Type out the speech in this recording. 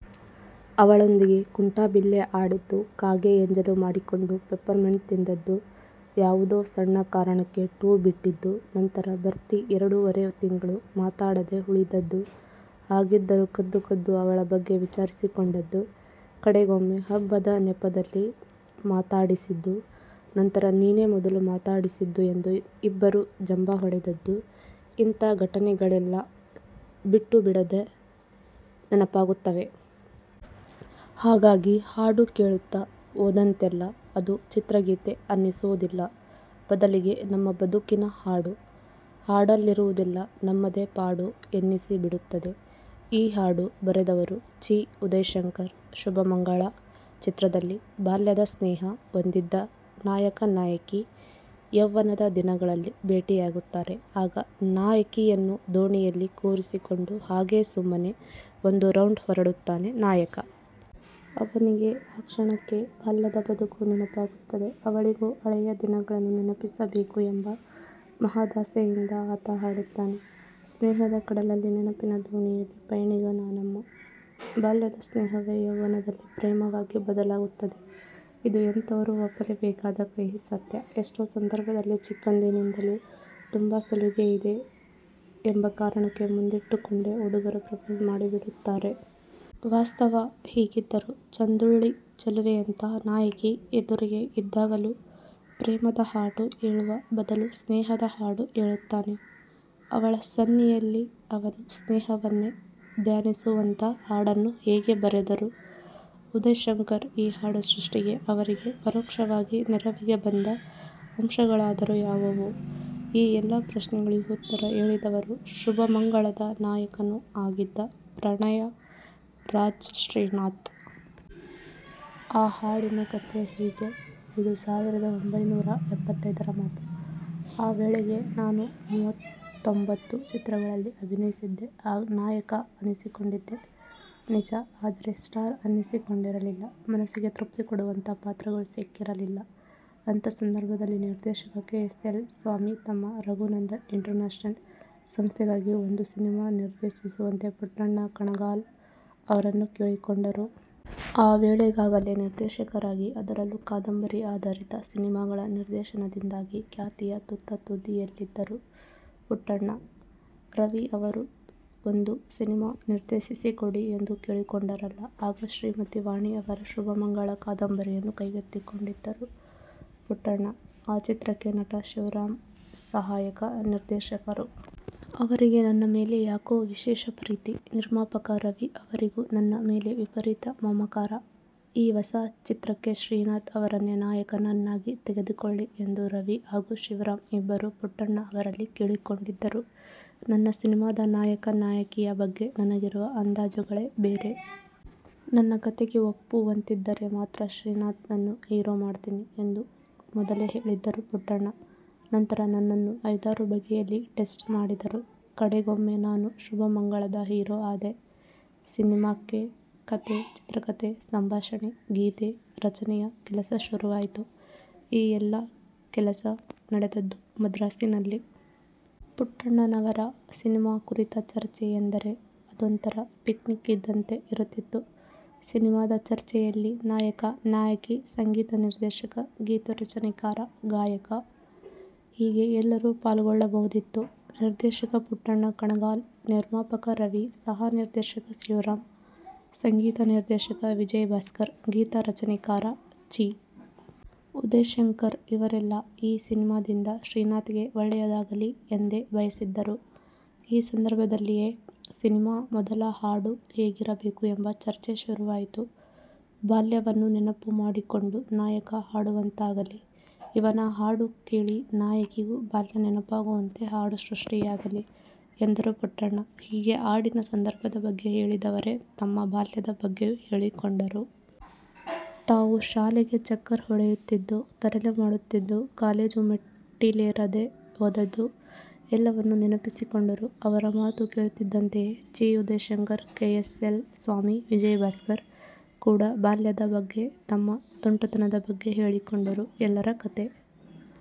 ಅವಳೊಂದಿಗೆ ಕುಂಟಾಬಿಲ್ಲೆ ಆಡಿದ್ದು, ಕಾಗೆ ಎಂಜಲು ಮಾಡಿಕೊಂಡು ಪೆಪ್ಪರ್ಮೆಂಟ್ ತಿಂದದ್ದು, ಯಾವುದೋ ಸಣ್ಣ ಕಾರಣಕ್ಕೆ 'ಠೂ' ಬಿಟ್ಟಿದ್ದು, ನಂತರ ಭರ್ತಿ ಎರಡೂವರೆ ತಿಂಗಳು ಮಾತಾಡದೆ ಉಳಿದದ್ದು ಹಾಗಿದ್ದರೂ ಕದ್ದು ಕದ್ದು ಅವಳ ಬಗ್ಗೆ ವಿಚಾರಿಸಿಕೊಂಡದ್ದು, ಕಡೆಗೊಮ್ಮೆ ಹಬ್ಬದ ನೆಪದಲ್ಲಿ ಮಾತಾಡಿಸಿದ್ದು ನಂತರ-ನೀನೇ ಮೊದಲು ಮಾತಾಡಿಸಿದ್ದು ಎಂದು ಇಬ್ಬರೂ ಜಂಭ ಹೊಡೆದದ್ದು ಇಂಥ ಘಟನೆಗಳೆಲ್ಲ ಬಿಟ್ಟೂ ಬಿಡದೆ ನೆನಪಾಗುತ್ತವೆ. ಹಾಗಾಗಿ, ಹಾಡು ಕೇಳುತ್ತಾ ಹೋದಂತೆಲ್ಲ ಅದು ಚಿತ್ರಗೀತೆ ಅನ್ನಿಸುವುದಿಲ್ಲ. ಬದಲಿಗೆ, ನಮ್ಮ ಬದುಕಿನ ಹಾಡು, ಹಾಡಲ್ಲಿರುವುದೆಲ್ಲ ನಮ್ಮದೇ ಪಾಡು ಎನ್ನಿಸಿಬಿಡುತ್ತದೆ. ಈ ಹಾಡು ಬರೆದವರು ಚಿ. ಉದಯಶಂಕರ್. 'ಶುಭಮಂಗಳ' ಚಿತ್ರದಲ್ಲಿ ಬಾಲ್ಯದ 'ಸ್ನೇಹ' ಹೊಂದಿದ್ದ ನಾಯಕ-ನಾಯಕಿ ಯೌವ್ವನದ ದಿನಗಳಲ್ಲಿ ಭೇಟಿಯಾಗುತ್ತಾರೆ. ಆಗ ನಾಯಕಿಯನ್ನು ದೋಣಿಯಲ್ಲಿ ಕೂರಿಸಿಕೊಂಡು ಹಾಗೇ ಸುಮ್ಮನೆ ಒಂದು ರೌಂಡ್ ಹೊರಡುತ್ತಾನೆ ನಾಯಕ. ಅವನಿಗೆ ಆ ಕ್ಷಣಕ್ಕೆ ಬಾಲ್ಯದ ಬದುಕು ನೆನಪಾಗುತ್ತದೆ. ಅವಳಿಗೂ ಹಳೆಯ ದಿನಗಳನ್ನು ನೆನಪಿಸಬೇಕು ಎಂಬ ಮಹದಾಸೆಯಿಂದ ಆತ ಹಾಡುತ್ತಾನೆ: 'ಸ್ನೇಹದ ಕಡಲಲ್ಲೀ ನೆನಪಿನ ದೋಣಿಯಲೀ ಪಯಣಿಗ ನಾನಮ್ಮ' 'ಬಾಲ್ಯದ ಸ್ನೇಹವೇ ಯೌವ್ವನದಲ್ಲಿ ಪ್ರೇಮವಾಗಿ ಬದಲಾಗುತ್ತದೆ'. -ಇದು ಎಂಥವರೂ ಒಪ್ಪಲೇಬೇಕಾದ ಕಹಿ ಸತ್ಯ. ಎಷ್ಟೋ ಸಂದರ್ಭದಲ್ಲಿ ಚಿಕ್ಕಂದಿನಿಂದಲೂ ತುಂಬಾ ಸಲುಗೆಯಿದೆ ಎಂಬ ಕಾರಣ ಮುಂದಿಟ್ಟುಕೊಂಡೇ ಹುಡುಗರು ಪ್ರೊಪೋಸ್ ಮಾಡಿಬಿಡುತ್ತಾರೆ. ವಾಸ್ತವ ಹೀಗಿದ್ದರೂ, ಚಂದುಳ್ಳಿ ಚೆಲುವೆಯಂಥ ನಾಯಕಿ ಎದುರಿಗೇ ಇದ್ದಾಗಲೂ ಪ್ರೇಮದ ಹಾಡು ಹೇಳುವ ಬದಲು ಸ್ನೇಹದ ಹಾಡು ಹೇಳುತ್ತಾನೆ. 'ಅವಳ' ಸನ್ನಿಯಲ್ಲಿ 'ಅವನು' ಸ್ನೇಹವನ್ನೇ ಧ್ಯಾನಿಸುವಂಥ ಹಾಡನ್ನು ಹೇಗೆ ಬರೆದರು ಉದಯಶಂಕರ್ ಈ ಹಾಡು ಸೃಷ್ಟಿಗೆ ಅವರಿಗೆ ಪರೋಕ್ಷವಾಗಿ ನೆರವಿಗೆ ಬಂದ ಅಂಶಗಳಾದರೂ ಯಾವುವು? ಈ ಎಲ್ಲ ಪ್ರಶ್ನೆಗಳಿಗೂ ಉತ್ತರ ಹೇಳಿದವರು 'ಶುಭಮಂಗಳ'ದ ನಾಯಕನೂ ಆಗಿದ್ದ ಪ್ರಣಯ ರಾಜ ಶ್ರೀನಾಥ್. ಆ ಹಾಡಿನ ಕಥೆ ಹೀಗೆ ಇದು ಸಾವಿರದ ಒಂಭೈನೂರ ಎಪ್ಪತ್ತೈದರ ಮಾತು. ಆ ವೇಳೆಗೆ ನಾನು ಮೂವತ್ತೊಂಭತ್ತು ಚಿತ್ರಗಳಲ್ಲಿ ಅಭಿನಯಿಸಿದ್ದೆ. ನಾಯಕ ಅನ್ನಿಸಿಕೊಂಡಿದ್ದೆ ನಿಜ. ಆದರೆ 'ಸ್ಟಾರ್' ಅನ್ನಿಸಿಕೊಂಡಿರಲಿಲ್ಲ. ಮನಸ್ಸಿಗೆ ತೃಪ್ತಿಕೊಡುವಂಥ ಪಾತ್ರಗಳು ಸಿಕ್ಕಿರಲಿಲ್ಲ. ಅಂಥ ಸಂದರ್ಭದಲ್ಲಿ ನಿರ್ದೇಶಕ ಕೆ. ಎಸ್. ಎಲ್. ಸ್ವಾಮಿ ತಮ್ಮ ರಘುನಂದನ್ ಇಂಟರ್ನ್ಯಾಷನಲ್ ಸಂಸ್ಥೆಗಾಗಿ ಒಂದು ಸಿನಿಮಾ ನಿರ್ದೇಶಿಸುವಂತೆ ಪುಟ್ಟಣ್ಣ ಕಣಗಾಲ್ ಅವರನ್ನು ಕೇಳಿಕೊಂಡರು. ಆ ವೇಳೆಗಾಗಲೇ ನಿರ್ದೇಶಕರಾಗಿ, ಅದರಲ್ಲೂ ಕಾದಂಬರಿ ಆಧಾರಿತ ಸಿನಿಮಾಗಳ ನಿರ್ದೇಶನದಿಂದಾಗಿ ಖ್ಯಾತಿಯ ತುತ್ತ ತುದಿಯಲ್ಲಿದ್ದರು ಪುಟ್ಟಣ್ಣ. ರವೀ ಅವರು ಒಂದು ಸಿನಿಮಾ ನಿರ್ದೇಶಿಸಿ ಕೊಡಿ ಎಂದು ಕೇಳಿಕೊಂಡರಲ್ಲ? ಆಗ, ಶ್ರೀಮತಿ 'ವಾಣಿ' ಅವರ 'ಶುಭಮಂಗಳ' ಕಾದಂಬರಿಯನ್ನು ಕೈಗೆತ್ತಿಕೊಂಡಿದ್ದರು ಪುಟ್ಟಣ್ಣ. ಆ ಚಿತ್ರಕ್ಕೆ ನಟ ಶಿವರಾಂ ಸಹಾಯಕ ನಿರ್ದೇಶಕರು. ಅವರಿಗೆ ನನ್ನ ಮೇಲೆ ಯಾಕೋ ವಿಶೇಷ ಪ್ರೀತಿ. ನಿರ್ಮಾಪಕ ರವೀ ಅವರಿಗೂ ನನ್ನ ಮೇಲೆ ವಿಪರೀತ ಮಮಕಾರ. ಈ ಹೊಸ ಚಿತ್ರಕ್ಕೆ ಶ್ರೀನಾಥ್ ಅವರನ್ನೇ ನಾಯಕನನ್ನಾಗಿ ತೆಗೆದುಕೊಳ್ಳಿ ಎಂದು ರವೀ ಹಾಗೂ ಶಿವರಾಂ ಇಬ್ಬರೂ ಪುಟ್ಟಣ್ಣ ಅವರಲ್ಲಿ ಕೇಳಿಕೊಂಡಿದ್ದರು. 'ನನ್ನ ಸಿನಿಮಾದ ನಾಯಕ-ನಾಯಕಿಯ ಬಗ್ಗೆ ನನಗಿರುವ ಅಂದಾಜುಗಳೇ ಬೇರೆ. ನನ್ನ ಕಥೆಗೆ ಒಪ್ಪುವಂತಿದ್ದರೆ ಮಾತ್ರ ಶ್ರೀನಾಥ್ನನ್ನು ಹೀರೋ ಮಾಡ್ತೀನಿ' ಎಂದು ಮೊದಲೇ ಹೇಳಿದ್ದರು ಪುಟ್ಟಣ್ಣ. ನಂತರ, ನನ್ನನ್ನು ಐದಾರು ಬಗೆಯಲ್ಲಿ 'ಟೆಸ್ಟ್' ಮಾಡಿದರು. ಕಡೆಗೊಮ್ಮೆ ನಾನು 'ಶುಭಮಂಗಳ'ದ ಹೀರೋ ಆದೆ. ಸಿನಿಮಾಕ್ಕೆ ಕಥೆ, ಚಿತ್ರಕಥೆ, ಸಂಭಾಷಣೆ, ಗೀತೆ ರಚನೆಯ ಕೆಲಸ ಶುರುವಾಯಿತು. ಈ ಎಲ್ಲ ಕೆಲಸ ನಡೆದದ್ದು ಮದ್ರಾಸಿನಲ್ಲಿ. ಪುಟ್ಟಣ್ಣನವರ ಸಿನಿಮಾ ಕುರಿತ ಚರ್ಚೆ ಎಂದರೆ, ಅದೊಂಥರಾ ಪಿಕ್ನಿಕ್ ಇದ್ದಂತೆ ಇರುತ್ತಿತ್ತು. ಸಿನಿಮಾದ ಚರ್ಚೆಯಲ್ಲಿ ನಾಯಕ, ನಾಯಕಿ, ಸಂಗೀತ ನಿರ್ದೇಶಕ, ಗೀತೆರಚನೆಕಾರ, ಗಾಯಕ. ಹೀಗೆ ಎಲ್ಲರೂ ಪಾಲ್ಗೊಳ್ಳಬಹುದಿತ್ತು. ನಿರ್ದೇಶಕ ಪುಟ್ಟಣ್ಣ ಕಣಗಾಲ್, ನಿರ್ಮಾಪಕ ರವೀ, ಸಹ ನಿರ್ದೇಶಕ ಶಿವರಾಂ, ಸಂಗೀತ ನಿರ್ದೇಶಕ ವಿಜಯ ಭಾಸ್ಕರ್, ಗೀತ ರಚನೆಕಾರ ಚಿ. ಉದಯಶಂಕರ್ ಇವರೆಲ್ಲಾ ಈ ಸಿನಿಮಾದಿಂದ ಶ್ರೀನಾಥ್ಗೆ ಒಳ್ಳೆಯದಾಗಲಿ ಎಂದೇ ಬಯಸಿದ್ದರು. ಈ ಸಂದರ್ಭದಲ್ಲಿಯೇ- ಸಿನಿಮಾ ಮೊದಲ ಹಾಡು ಹೇಗಿರಬೇಕು ಎಂಬ ಚರ್ಚೆ ಶುರುವಾಯಿತು. 'ಬಾಲ್ಯವನ್ನು ನೆನಪು ಮಾಡಿಕೊಂಡು ನಾಯಕ ಹಾಡುವಂತಾಗಲಿ. ಇವನ ಹಾಡು ಕೇಳಿ ನಾಯಕಿಗೂ ಬಾಲ್ಯ ನೆನಪಾಗುವಂತೆ ಹಾಡು ಸೃಷ್ಟಿಯಾಗಲಿ' ಎಂದರು ಪುಟ್ಟಣ್ಣ. ಹೀಗೆ, ಹಾಡಿನ ಸಂದರ್ಭದ ಬಗ್ಗೆ ಹೇಳಿದವರೇ ತಮ್ಮ ಬಾಲ್ಯದ ಬಗ್ಗೆಯೂ ಹೇಳಿಕೊಂಡರು. ತಾವು ಶಾಲೆಗೆ ಚಕ್ಕರ್ ಹೊಡೆಯುತ್ತಿದ್ದುದು, ತರಲೆ ಮಾಡುತ್ತಿದ್ದುದು, ಕಾಲೇಜು ಮೆಟ್ಟೀಲೇರದೇ ಹೋದದ್ದು ಎಲ್ಲವನ್ನೂ ನೆನಪಿಸಿಕೊಂಡರು. ಅವರ ಮಾತು ಕೇಳುತ್ತಿದ್ದಂತೆಯೇ Chi. Udayashankar, K. S. L. Swamy, Vijayabhaskar ಕೂಡ ಬಾಲ್ಯದ ಬಗ್ಗೆ ತಮ್ಮ ತುಂಟತನದ ಬಗ್ಗೆ ಹೇಳಿಕೊಂಡರು. ಎಲ್ಲರ ಕಥೆ